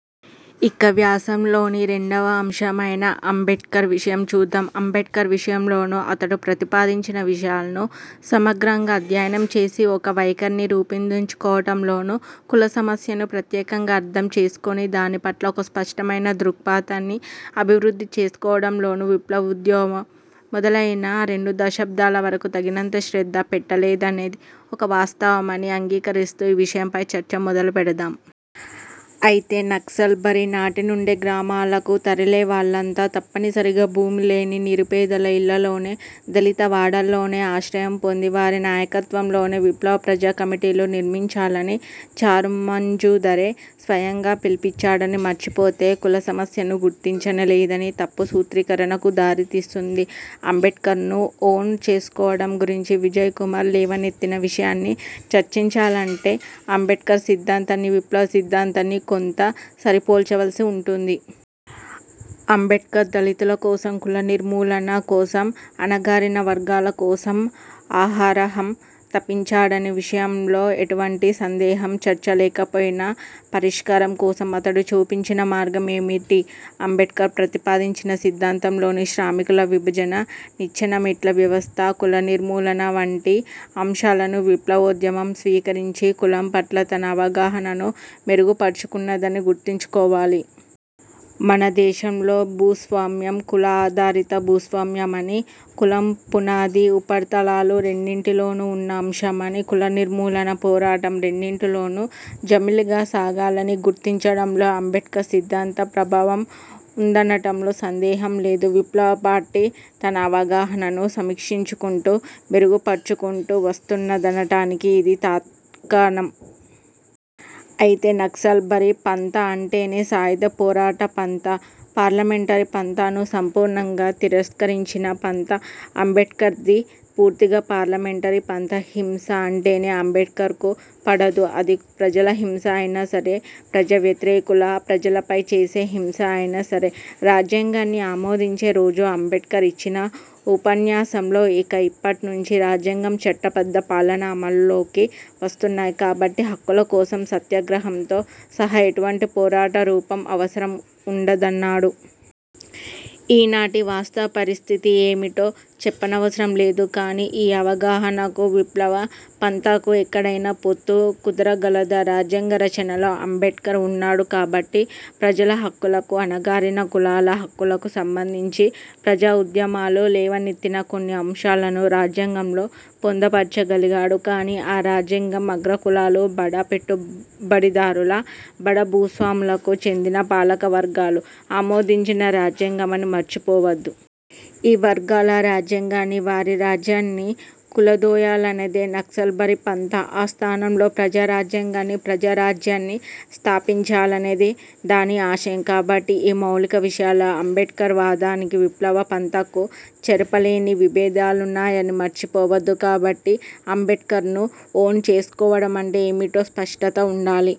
ఇక వ్యాసంలోని రెండవ అంశమైన అంబేడ్కర్ విషయం చూద్దాం. అంబేడ్కర్ విషయంలోనూ, అతడు ప్రతిపాదించిన విషయాలను సమగ్రంగా అధ్యయనం చేసి ఒక వైఖరిని రూపొందించుకోవటంలోనూ, కుల సమస్యను ప్రత్యేకంగా అర్థం చేసుకొని దాని పట్ల ఒక స్పష్టమైన దృక్పథాన్ని అభివృద్ధి చేసుకోవడంలోనూ విప్లవోద్యమం మొదలైన రెండు దశాబ్దాల వరకు తగినంత శ్రద్ధ పెట్టలేదనేది ఒక వాస్తవమని అంగీకరిస్తూ ఈ విషయంపై చర్చ మొదలు పెడదాం. అయితే, నక్సల్బరీ నాటి నుండే గ్రామాలకు తరలేవాళ్ళంతా తప్పనిసరిగా భూమిలేని నిరుపేదల ఇళ్ళల్లోనే, 'దళిత వాడల్లోనే' ఆశ్రయం పొంది వారి నాయకత్వంలోనే విప్లవ ప్రజాకమిటీలు నిర్మించాలని చారుమజుందారే స్వయంగా పిలుపిచ్చాడని మర్చిపోతే కుల సమస్యను గుర్తించనేలేదనే తప్పు సూత్రీకరణకు దారితీస్తుంది. అంబేడ్కర్ను ఓన్ చేసుకోవటం గురించి విజయ్ కుమార్ లేవనెత్తిన విషయాన్ని చర్చించాలంటే అంబేడ్కర్ సిద్ధాంతాన్నీ, విప్లవ సిద్ధాంతాన్నీ కొంత సరిపోల్చవలసి ఉంటుంది. అంబేడ్కర్ దళితుల కోసం, కుల నిర్మూలన కోసం, అణగారిన వర్గాల కోసం అహరహం తపించాడనే విషయంలో ఎటువంటి సందేహమూ చర్చా లేకపోయినా, పరిష్కారం కోసం అతడు చూపించిన మార్గం ఏమిటి? అంబేడ్కర్ ప్రతిపాదించిన సిద్ధాంతంలోని శ్రామికుల విభజన, నిచ్చెనమెట్ల వ్యవస్థ, కులనిర్మూలన వంటి అంశాలను విప్లవోద్యమం స్వీకరించి కులం పట్ల తన అవగాహనను మెరుగు పరుచుకున్నదని గుర్తుంచుకోవాలి. మన దేశంలో భూస్వామ్యం కుల ఆధారిత భూస్వామ్యమనీ, కులం పునాదీ ఉపరితలాలు రెండింటిలోనూ ఉన్న అంశమనీ, కులనిర్మూలనా పోరాటం రెండింటిలోనూ జమిలిగా సాగాలనీ గుర్తించడంలో అంబేడ్కర్ సిద్ధాంత ప్రభావం ఉందనటంలో సందేహం లేదు. విప్లవ పార్టీ తన అవగాహనను సమీక్షించుకుంటూ, మెరుగుపరుచుకుంటూ వస్తున్నదనటానికి ఇది తార్కాణం. అయితే నక్సల్బరీ పంథా అంటేనే సాయుధ పోరాట పంథా. పార్లమెంటరీ పంథాను సంపూర్ణంగా తిరస్కరించిన పంథా. అంబేడ్కర్ది పూర్తిగా పార్లమెంటరీ పంథా. హింస అంటేనే అంబేడ్కర్కు పడదు. అది ప్రజల హింస అయినా సరే, ప్రజావ్యతిరేకులు ప్రజలపై చేసే హింస అయినా సరే. రాజ్యాంగాన్ని ఆమోదించే రోజు అంబేడ్కర్ ఇచ్చిన ఉపన్యాసంలో ''ఇక ఇప్పటి నుంచి రాజ్యాంగం, చట్టబద్ధ పాలన అమలులోకి వస్తున్నాయి కాబట్టి హక్కుల కోసం సత్యాగ్రహంతో సహా ఎటువంటి పోరాట రూపం అవసరం ఉండ''దన్నాడు. ఈనాటి వాస్తవ పరిస్థితి ఏమిటో చెప్పనవసరం లేదు కానీ ఈ అవగాహనకూ, విప్లవ పంథాకూ ఎక్కడైనా పొత్తు కుదరగలదా? రాజ్యాంగ రచనలో అంబేడ్కర్ ఉన్నాడు కాబట్టి ప్రజల హక్కులకూ, అణగారిన కులాల హక్కులకూ సంబంధించి ప్రజా ఉద్యమాలు లేవనెత్తిన కొన్ని అంశాలను రాజ్యాంగంలో పొందుపరచగలిగాడు కానీ ఆ రాజ్యాంగం అగ్ర కులాల, బడా పెట్టుబడిదారుల, బడా భూస్వాములకు చెందిన పాలకవర్గాలు ఆమోదించిన రాజ్యాంగమని మరిచిపోవద్దు. ఈ వర్గాల రాజ్యాంగాన్నీ, వారి రాజ్యాన్నీ కూలదోయాలనేది నక్సల్బరీ పంథా. ఆ స్థానంలో ప్రజా రాజ్యాంగాన్నీ, ప్రజా రాజ్యాన్నీ స్థాపించాలనేది దాని ఆశయం. కాబట్టి ఈ మౌలిక విషయాల్లో అంబేడ్కర్ వాదానికీ, విప్లవ పంథాకూ చెరపలేని విభేదాలున్నాయని మరిచిపోవద్దు. కాబట్టి అంబేడ్కర్ను ఓన్ చేసుకోవటమంటే ఏమిటో స్పష్టత ఉండాలి.